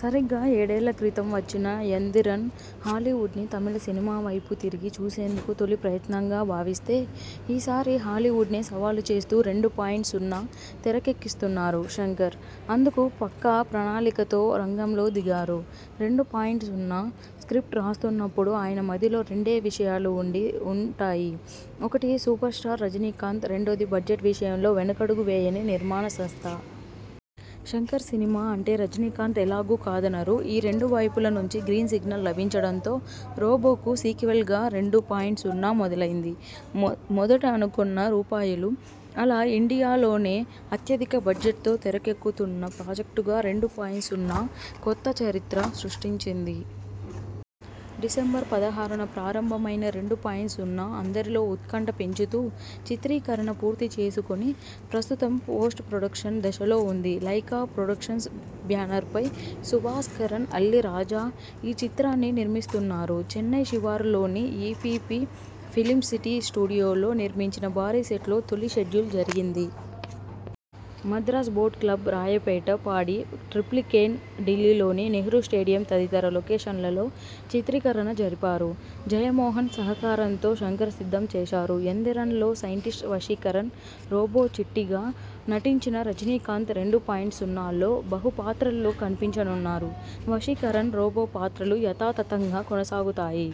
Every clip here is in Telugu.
సరిగ్గా ఏడేళ్ల కిత్రం వచ్చిన 'యందిరన్' హాలీవుడ్ని తమిళ సినిమావైపు తిరిగి చూసేందుకు తొలి ప్రయత్నంగా భావిస్తే ఈసారి హాలీవుడ్నే సవాలు చేస్తూ 'రెండు పాయింట్ సున్నా' తెరకెక్కిస్తున్నారు శంకర్. అందుకు పక్కా ప్రణాళికతో రంగంలో దిగారు. 'రెండు పాయింట్ సున్నా' స్క్రిప్ట్ రాస్తున్నప్పుడు ఆయన మదిలో రెండే విషయాలు ఉండి ఉంటాయి ఒకటి సూపర్స్టార్ రజనీకాంత్, రెండోది బడ్జెట్ విషయంలో వెనకడుగు వేయని నిర్మాణ సంస్థ. శంకర్ సినిమా అంటే రజనీకాంత్ ఎలాగూ కాదనరు. ఈ రెండు వైపుల నుంచి గ్రీన్ సిగ్నల్ లభించడంతో 'రోబో'కు సీక్వెల్గా 'రెండు పాయింట్ సున్నా' మొదలైంది. మొదట అనుకొన్న రూపాయలు. అలా ఇండియాలోనే అత్యధిక బడ్జెట్తో తెరకెక్కుతున్న ప్రాజెక్టుగా 'రెండు పాయింట్ సున్నా' కొత్త చరిత్ర సృష్టించింది. డిసెంబర్ పదహారున ప్రారంభమైన 'రెండు పాయింట్ సున్నా' అందరిలో ఉత్కంఠ పెంచుతూ చిత్రీకరణ పూర్తిచేసుకొని ప్రస్తుతం పోస్ట్ ప్రొడక్షన్ దశలో ఉంది. లైకా ప్రొడక్షన్స్ బ్యానర్పై సుభాస్కరన్ అల్లి రాజా ఈ చిత్రాన్ని నిర్మిస్తున్నారు. చెన్నై శివారులోని ఈవీపీ ఫిలిం సిటీ స్టూడియోలో నిర్మించిన భారీ సెట్లో తొలి షెడ్యూల్ జరిగింది. మద్రాస్ బోట్ క్లబ్, రాయపేట, పాడి, ట్రిప్లికేన్, ఢిల్లీలోని నెహ్రూ స్టేడియం తదితర లొకేషన్లలో చిత్రీకరణ జరిపారు. జయమోహన్ సహకారంతో శంకర్ సిద్ధం చేశారు. 'యందిరన్'లో సైంటిస్ట్ వశీకరణ్, రోబో చిట్టిగా నటించిన రజనీకాంత్ 'రెండు పాయింట్ సున్నా'లో బహు పాత్రల్లో కనిపించనున్నారు. వశీకరణ్, రోబో పాత్రలు యథాతథంగా కొనసాగుతాయి.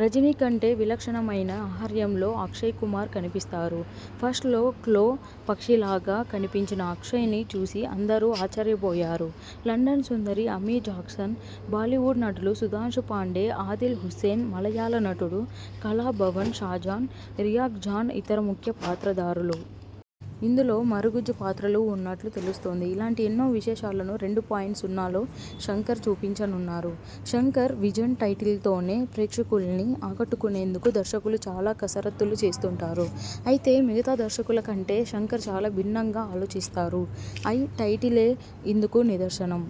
రజనీ కంటే విలక్షణమైన ఆహార్యంలో అక్షయ్ కుమార్ కనిపిస్తారు. ఫస్ట్ లో క్లో పక్షిలాగా కనిపించిన అక్షయ్ ని చూసి అందరూ ఆశ్చర్యపోయారు. లండన్ సుందరి అమీ జాక్సన్, బాలీవుడ్ నటులు సుధాంశు పాండే, ఆదిల్ హుస్సేన్, మలయాళ నటుడు 'కళాభవన్' షాజాన్, రియాజ్ఖాన్ ఇతర ముఖ్య పాత్రధారులు. ఇందులో మరుగుజ్జు పాత్రలూ ఉన్నట్లు తెలుస్తోంది. ఇలాంటి ఎన్నో విశేషాలను 'రెండు పాయింట్ సున్నా'లో శంకర్ చూపించనున్నారు. శంకర్ విజన్టైటిల్తోనే ప్రేక్షకుల్ని ఆకట్టుకునేందుకు దర్శకులు చాలా కసరత్తులు చేస్తుంటారు. అయితే మిగతా దర్శకుల కంటే శంకర్ చాలా భిన్నంగా ఆలోచిస్తారు. 'ఐ' టైటిలే ఇందుకు నిదర్శనం.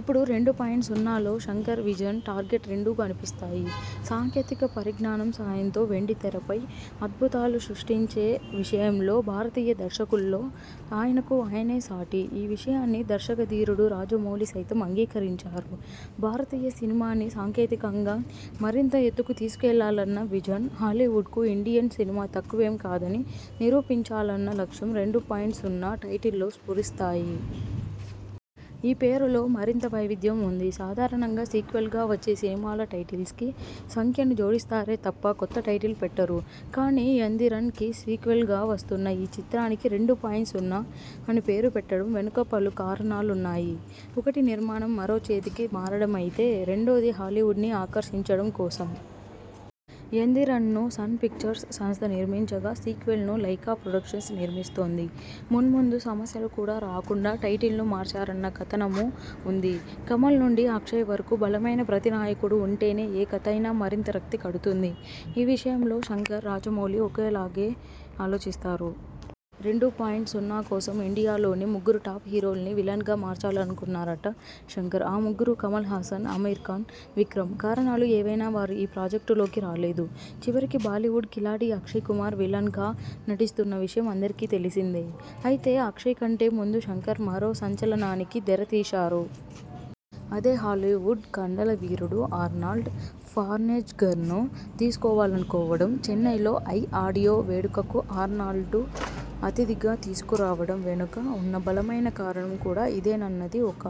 ఇప్పుడు 'రెండు పాయింట్ సున్నా'లో శంకర్ విజన్, టార్గెట్ రెండూ కనిపిస్తాయి. సాంకేతిక పరిజ్ఞానం సాయంతో వెండితెరపై అద్భుతాలు సృష్టించే విషయంలో భారతీయ దర్శకుల్లో ఆయనకు ఆయనే సాటి. ఈ విషయాన్ని దర్శక ధీరుడు రాజమౌళి సైతం అంగీకరించారు. భారతీయ సినిమాని సాంకేతికంగా మరింత ఎత్తుకు తీసుకెళ్లాలన్న విజన్, హాలీవుడ్కు ఇండియన్ సినిమా తక్కువేం కాదని నిరూపించాలన్న లక్ష్యం 'రెండు పాయింట్ సున్నా' టైటిల్లో స్ఫురిస్తాయి. ఈ పేరులో మరింత వైవిధ్యం ఉంది. సాధారణంగా సీక్వెల్గా వచ్చే సినిమాల టైటిల్స్కి సంఖ్యను జోడిస్తారే తప్ప కొత్త టైటిల్ పెట్టరు. కానీ, 'యందిరన్'కి సీక్వెల్గా వస్తున్న ఈ చిత్రానికి 'రెండు పాయింట్ సున్నా' అని పేరు పెట్టడం వెనుక పలు కారణాలున్నాయి. ఒకటి నిర్మాణం మరో చేతికి మారడమైతే, రెండోది హాలీవుడ్నీ ఆకర్షించడం కోసం. 'యందిరన్'ను సన్ పిక్చర్స్ సంస్థ నిర్మించగా, సీక్వెల్ను లైకా ప్రొడక్షన్స్ నిర్మిస్తోంది. మున్ముందు సమస్యలు కూడా రాకుండా టైటిల్ను మార్చారన్న కథనమూ ఉంది. కమల్ నుండి అక్షయ్ వరకు బలమైన ప్రతినాయకుడు ఉంటేనే ఏ కథయినా మరింత రక్తి కడుతుంది. ఈ విషయంలో శంకర్, రాజమౌళి ఒకలాగే ఆలోచిస్తారు. 'రెండు పాయింట్ సున్నా' కోసం ఇండియాలోని ముగ్గురు టాప్ హీరోల్ని విలన్గా మార్చాలనుకున్నారట శంకర్. ఆ ముగ్గురూ కమల్హాసన్, ఆమిర్ఖాన్, విక్రమ్. కారణాలు ఏవైనా వారు ఈ ప్రాజెక్టులోకి రాలేదు. చివరికి బాలీవుడ్ కిలాడీ అక్షయ్ కుమార్ విలన్గా నటిస్తున్న విషయం అందరికీ తెలిసిందే. అయితే అక్షయ్ కంటే ముందు శంకర్ మరో సంచలనానికి తెరతీశారు. అదే హాలీవుడ్ కండలవీరుడు ఆర్నాల్డ్ ష్వార్జ్నెగ్గర్ను తీసుకోవాలనుకోవడం. చెన్నైలో 'ఐ' ఆడియో వేడుకకు ఆర్నాల్డ్ను అతిథిగా తీసుకురావడం వెనుక ఉన్న బలమైన కారణం కూడా ఇదేనన్నది ఒక